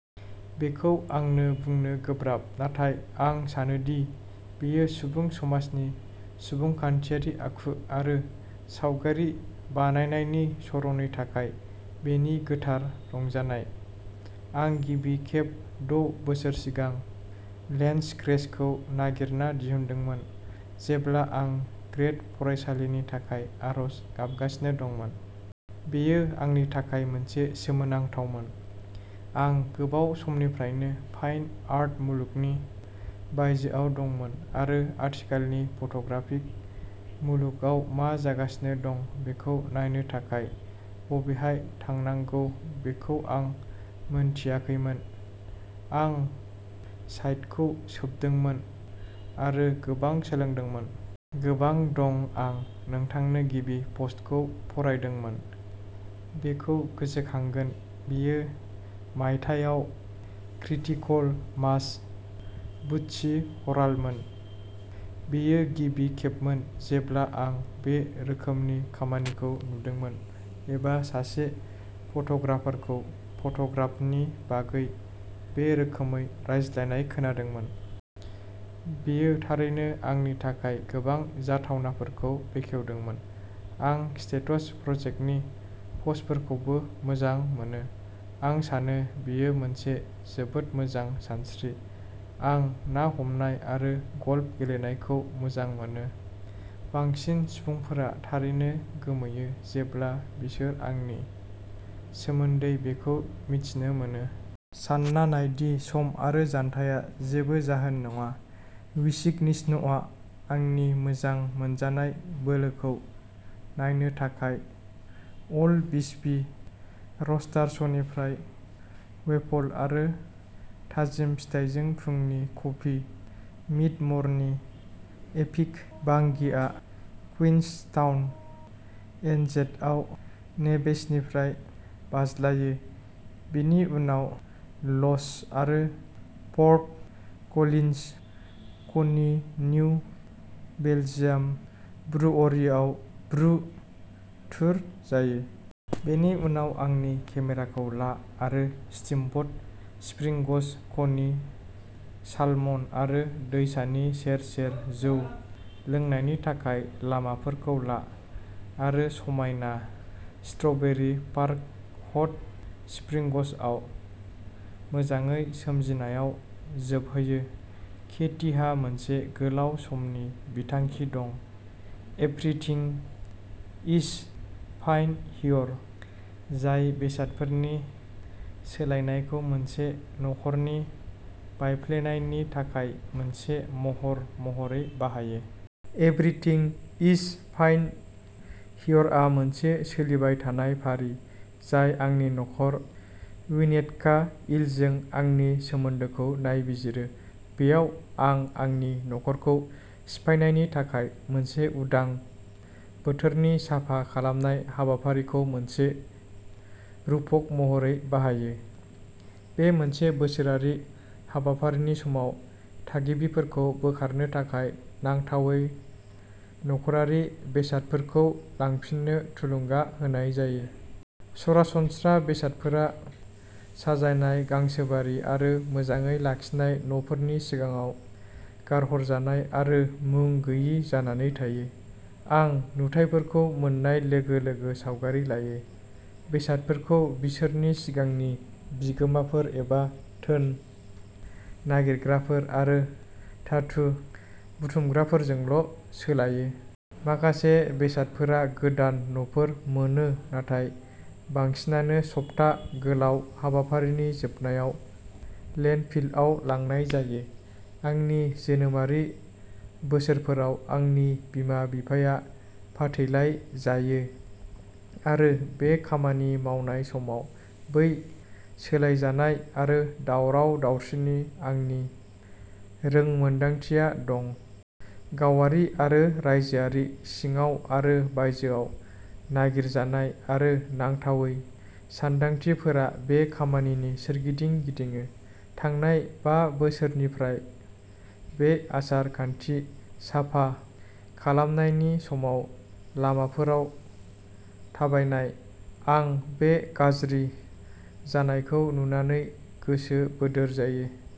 बेखौ आंनो बुंनो गोब्राब नाथाय आं सानो दि बेयो सुबुं समाजनि सुबुंखान्थियारि आखु आरो सावगारि बानायनायनि सर'नि थाखाय बेनि गोथार रंजानाय। आं गिबि खेब द' बोसोर सिगां लेन्सक्रेचखौ नागिरना दिहुनदोंमोन जेब्ला आं ग्रेद फरायसालिनि थाखाय आर'ज गाबगासिनो दंमोन। बेयो आंनि थाखाय मोनसे सोमोनांथावमोन। आं गोबाव समनिफ्रायनो फाइन आर्ट मुलुगनि बायजोआव दंमोन आरो आथिखालनि फट'ग्राफि मुलुगाव मा जागासिनो दं बेखौ नायनो थाखाय बबेहाय थांनांगौ बेखौ आं मिन्थियाखैमोन। आं साइटखौ सोबदोंमोन आरो गोबां सोलोंदोंमोन। गोबां दं आं नोंथांनो गिबि पस्टखौ फरायदोंमोन बेखौ गोसोखांगोन। बेयो मायथाइयाव क्रिटिकल मास बुटसि हलारमोन। बेयो गिबि खेबमोन जेब्ला आं बे रोखोमनि खामानिखौ नुदोंमोन एबा सासे फट'ग्राफारखौ फट'ग्राफनि बागै बे रोखोमै रायज्लायनाय खोनादोंमोन। बेयो थारैनो आंनि थाखाय गोबां जाथावनाफोरखौ बेखेवदोंमोन। आं स्टेट्स प्रजेक्टनि पस्टफोरखौबो मोजां मोनो। आं सानो बेयो मोनसे जोबोद मोजां सानस्रि। आं ना हमनाय आरो गल्फ गेलेनायखौ मोजां मोनो। बांसिन सुबुंफोरा थारैनो गोमोयो जेब्ला बिसोर आंनि सोमोन्दै बेखौ मिथिनो मोनो। सानना नाय दि सम आरो जानथाया जेबो जाहोन नङा विस्कन्सिनआव आंनि मोजां मोनजानाय बोलोखौ नायनो थाखाय अल्ड बिस्बी रस्टार्सनिफ्राय वेफल आरो थाजिम फिथाइजों फुंनि कफि। मिड-मर्निं एपिक बांगिआ क्वीन्सटाउन, एनजेडआव नेभिसनिफ्राय बाज्लायो। बिनि उनाव लच आरो फर्ट कलिन्स, क'नि निउ बेलजियाम ब्रुअरीआव ब्रु टुर जायो। बेनि उनाव आंनि केमेराखौ ला आरो स्टीमब'ट स्प्रिंग्स, क'नि सालमन आरो दैमानि सेर-सेर जौ लोंनायनि थाखाय लामाफोरखौ ला। आरो समायना स्ट्रबेरी पार्क हट स्प्रिंग्सआव मोजाङै सोमजिनायाव जोबहैयो। केटीहा मोनसे गोलाव समनि बिथांखि दं, एभ्रिथिं इज फाइन हियर, जाय बेसादफोरनि सोलायनायखौ मोनसे नखरनि बायफ्लेनायनि थाखाय मोनसे महर महरै बाहायो। एभ्रिथिं इज फाइन हियरआ मोनसे सोलिबाय थानाय फारि जाय आंनि न'खर, विनेटका, इलजों आंनि सोमोन्दोखौ नायबिजिरो। बेयाव। आं आंनि नख'रखौ सिफायनायनि थाखाय मोनसे उदां बोथोरनि साफा खालामनाय हाबाफारिखौ मोनसे रुपक महरै बाहायो। बे मोनसे बोसोरारि हाबाफारिनि समाव, थागिरिफोरखौ बोखारनो थाखाय नांथावै नख'रारि बेसादफोरखौ लांफिननो थुलुंगा होनाय जायो। सरासनस्रा बेसादफोरा साजायनाय गांसोबारि आरो मोजाङै लाखिनाय न'फोरनि सिगाङाव गारहरजानाय आरो मुं गोयि जानानै थायो। आं नुथाइफोरखौ मोन्नाय लोगो लोगो सावगारि लायो। बेसादफोरखौ बिसोरनि सिगांनि बिगोमाफोर एबा धोन नागिरग्राफोर आरो धातु बुथुमग्राफोरजोंल' सोलायो। माखासे बेसादफोरा गोदान न'फोर मोनो नाथाय बांसिनानो सप्ता गोलाव हाबाफारिनि जोबनायाव लेन्डफिलआव लांनाय जायो। आंनि जोनोमारि बोसोरफोराव, आंनि बिमा-बिफाया फाथैलाइ जायो आरो बे खामानि मावनाय समाव बै सोलायजानाय आरो दावराव-दावसिनि आंनि रोंमोनदांथिया दं। गावारि आरो रायजोआरि, सिङाव आरो बायजोआव, नागिरजानाय आरो नांथावै सानदांथिफोरा बे खामानिनि सोरगिदिं गिदिङो। थांनाय बा बोसोरनिफ्राय बे आसार-खान्थि साफा खालामनायनि समाव लामाफोराव थाबायनाय, आं बे गाज्रि जानायखौ नुनानै गोसो बोदोर जायो।